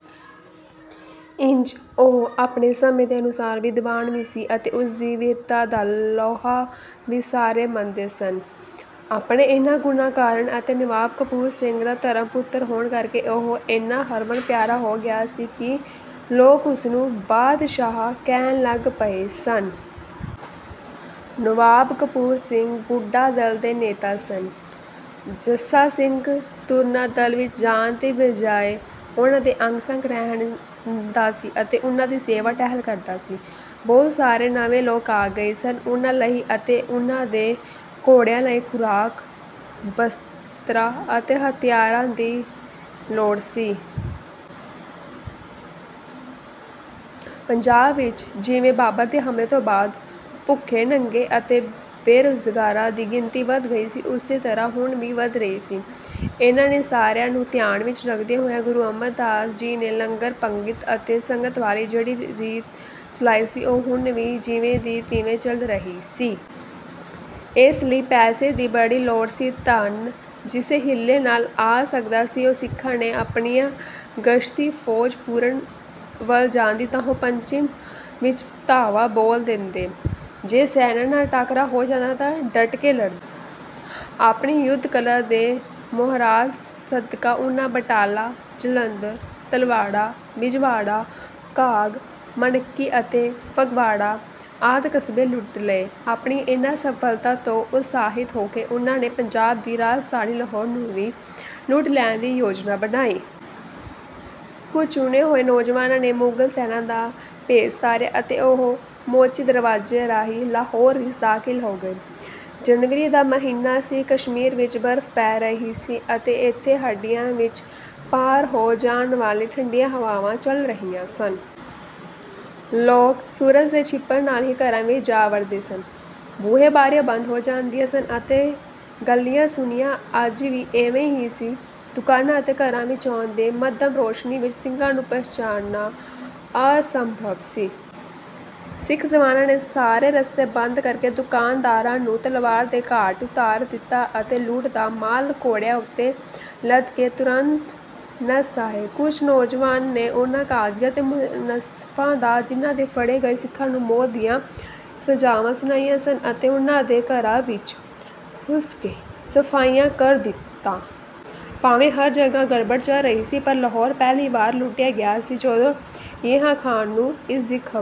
ਇੰਜ ਉਹ ਆਪਣੇ ਸਮੇਂ ਦੇ ਅਨੁਸਾਰ ਵਿਦਵਾਨ ਵੀ ਸੀ ਅਤੇ ਉਸਦੀ ਵੀਰਤਾ ਦਾ ਲੋਹਾ ਵੀ ਸਾਰੇ ਮੰਨਦੇ ਸਨ। ਆਪਣੇ ਇਹਨਾਂ ਗੁਣਾਂ ਕਾਰਨ ਅਤੇ ਨਵਾਬ ਕਪੂਰ ਸਿੰਘ ਦਾ ਧਰਮ-ਪੁੱਤਰ ਹੋਣ ਕਰਕੇ ਉਹ ਇੰਨਾ ਹਰਮਨ-ਪਿਆਰਾ ਹੋ ਗਿਆ ਸੀ ਕਿ ਲੋਕ ਉਸਨੂੰ 'ਬਾਦਸ਼ਾਹ' ਕਹਿਣ ਲੱਗ ਪਏ ਸਨ। ਨਵਾਬ ਕਪੂਰ ਸਿੰਘ ਬੁੱਢਾ-ਦਲ ਦੇ ਨੇਤਾ ਸਨ। ਜੱਸਾ ਸਿੰਘ ਤਰੁਣਾ-ਦਲ ਵਿੱਚ ਜਾਣ ਦੇ ਬਜਾਏ ਉਹਨਾਂ ਦੇ ਅੰਗ-ਸੰਗ ਰਹਿੰਦਾ ਸੀ ਅਤੇ ਉਹਨਾਂ ਦੀ ਸੇਵਾ-ਟਹਿਲ ਕਰਦਾ ਸੀ। ਬਹੁਤ ਸਾਰੇ ਨਵੇਂ ਲੋਕ ਆ ਗਏ ਸਨ। ਉਹਨਾਂ ਲਈ ਅਤੇ ਉਹਨਾਂ ਦੇ ਘੋੜਿਆਂ ਲਈ ਖੁਰਾਕ, ਬਸਤਰਾਂ ਅਤੇ ਹਥਿਆਰਾਂ ਦੀ ਲੋੜ ਸੀ। ਪੰਜਾਬ ਵਿੱਚ ਜਿਵੇਂ ਬਾਬਰ ਦੇ ਹਮਲੇ ਤੋਂ ਬਾਅਦ ਭੁੱਖੇ-ਨੰਗੇ ਅਤੇ ਬੇਰੁਜ਼ਗਾਰਾਂ ਦੀ ਗਿਣਤੀ ਵਧ ਗਈ ਸੀ ਉਸੇ ਤਰ੍ਹਾਂ ਹੁਣ ਵੀ ਵਧ ਰਹੀ ਸੀ। ਇਹਨਾਂ ਨਿਆਸਰਿਆਂ ਨੂੰ ਧਿਆਨ ਵਿੱਚ ਰੱਖਦਿਆਂ ਹੋਇਆਂ ਗੁਰੂ ਅਮਰਦਾਸ ਜੀ ਨੇ ਲੰਗਰ, ਪੰਗਤ ਅਤੇ ਸੰਗਤ ਵਾਲੀ ਜਿਹੜੀ ਰੀਤ ਚਲਾਈ ਸੀ ਉਹ ਹੁਣ ਵੀ ਜਿਵੇਂ ਦੀ ਤਿਵੇਂ ਚੱਲ ਰਹੀ ਸੀ। ਇਸ ਲਈ ਪੈਸੇ ਦੀ ਬੜੀ ਲੋੜ ਸੀ। ਧਨ ਜਿਸ ਹੀਲੇ ਨਾਲ ਆ ਸਕਦਾ ਸੀ ਉਹੀ ਸਿੱਖਾਂ ਨੇ ਅਪਣਾਇਆ। ਗਸ਼ਤੀ ਫੌਜ ਪੂਰਬ ਵੱਲ ਜਾਂਦੀ ਤਾਂ ਉਹ ਪੱਛਮ ਵਿੱਚ ਧਾਵਾ ਬੋਲ ਦਿੰਦੇ। ਜੇ ਸੈਨਾਂ ਨਾਲ ਟਾਕਰਾ ਹੋ ਜਾਂਦਾ ਤਾਂ ਡਟ ਕੇ ਲੜ ਆਪਣੀ ਯੁੱਧ-ਕਲਾ ਦੀ ਮੁਹਾਰਤ ਸਦਕਾ ਉਹਨਾਂ ਬਟਾਲਾ, ਜਲੰਧਰ, ਤਲਵਾੜਾ, ਬਿਜਵਾੜਾ, ਘਾਗ, ਮਾਨਿਕੀ ਅਤੇ ਫਗਵਾੜਾ ਆਦਿ ਕਸਬੇ ਲੁੱਟ ਲਏ। ਆਪਣੀਆਂ ਇਹਨਾਂ ਸਫਲਤਾਵਾਂ ਤੋਂ ਉਤਸਾਹਿਤ ਹੋ ਕੇ ਉਹਨਾਂ ਨੇ ਪੰਜਾਬ ਦੀ ਰਾਜਧਾਨੀ ਲਾਹੌਰ ਨੂੰ ਵੀ ਲੁੱਟ ਲੈਣ ਦੀ ਯੋਜਨਾ ਬਣਾਈ। ਕੁਝ ਚੁਣੇ ਹੋਏ ਨੌਜਵਾਨਾਂ ਨੇ ਮੁਗਲ ਸੈਨਾਂ ਦਾ ਭੇਸ ਧਾਰਿਆ ਅਤੇ ਉਹ ਮੋਚੀ ਦਰਵਾਜ਼ੇ ਰਾਹੀਂ ਲਾਹੌਰ ਵਿੱਚ ਦਾਖਲ ਹੋ ਗਏ। ਜਨਵਰੀ ਦਾ ਮਹੀਨਾ ਸੀ। ਕਸ਼ਮੀਰ ਵਿੱਚ ਬਰਫ ਪੈ ਰਹੀ ਸੀ ਅਤੇ ਇੱਥੇ ਹੱਡੀਆਂ ਵਿੱਚ ਪਾਰ ਹੋ ਜਾਣ ਵਾਲੀਆਂ ਠੰਡੀਆਂ ਹਵਾਵਾਂ ਚੱਲ ਰਹੀਆਂ ਸਨ। ਲੋਕ ਸੂਰਜ ਦੇ ਛਿਪਣ ਨਾਲ ਹੀ ਘਰਾਂ ਵਿੱਚ ਜਾ ਵੜਦੇ ਸਨ। ਬੂਹੇ-ਬਾਰੀਆਂ ਬੰਦ ਹੋ ਜਾਂਦੀਆਂ ਸਨ ਅਤੇ ਗਲੀਆਂ ਸੁੰਨੀਆਂ। ਅੱਜ ਵੀ ਇਵੇਂ ਹੀ ਸੀ। ਦੁਕਾਨਾਂ ਅਤੇ ਘਰਾਂ ਵਿੱਚੋਂ ਆਉਂਦੀ ਮੱਧਮ ਰੌਸ਼ਨੀ ਵਿੱਚ ਸਿੰਘਾਂ ਨੂੰ ਪਛਾਣਨਾ ਅਸੰਭਵ ਸੀ। ਸਿੱਖ ਜਵਾਨਾਂ ਨੇ ਸਾਰੇ ਰਸਤੇ ਬੰਦ ਕਰਕੇ ਦੁਕਾਨਦਾਰਾਂ ਨੂੰ ਤਲਵਾਰ ਦੇ ਘਾਟ ਉਤਾਰ ਦਿੱਤਾ ਅਤੇ ਲੁੱਟ ਦਾ ਮਾਲ ਘੋੜਿਆਂ ਉੱਤੇ ਲੱਦ ਕੇ ਤੁਰੰਤ ਨੱਸ ਆਏ। ਕੁਝ ਨੌਜਵਾਨਾਂ ਨੇ ਉਹਨਾਂ ਕਾਜੀਆਂ ਅਤੇ ਮੁਨਸਫਾਂ ਦਾ ਜਿਹਨਾਂ ਨੇ ਫੜੇ ਗਏ ਸਿੱਖਾਂ ਨੂੰ ਮੌਤ ਦੀਆਂ ਸਜ਼ਾਵਾਂ ਸੁਣਾਈਆਂ ਸਨ ਅਤੇ ਉਹਨਾਂ ਦੇ ਘਰਾਂ ਵਿੱਚ ਘੁਸ ਕੇ ਸਫਾਇਆ ਕਰ ਦਿੱਤਾ। ਭਾਵੇਂ ਹਰ ਜਗ੍ਹਾ ਗੜਬੜ ਚੱਲ ਰਹੀ ਸੀ ਪਰ ਲਾਹੌਰ ਪਹਿਲੀ ਵਾਰੀ ਲੁੱਟਿਆ ਗਿਆ ਸੀ। ਜਦੋਂ ਯਹੀਆ ਖਾਂ ਨੂੰ ਇਸ ਦੀ ਖ਼ਬਰ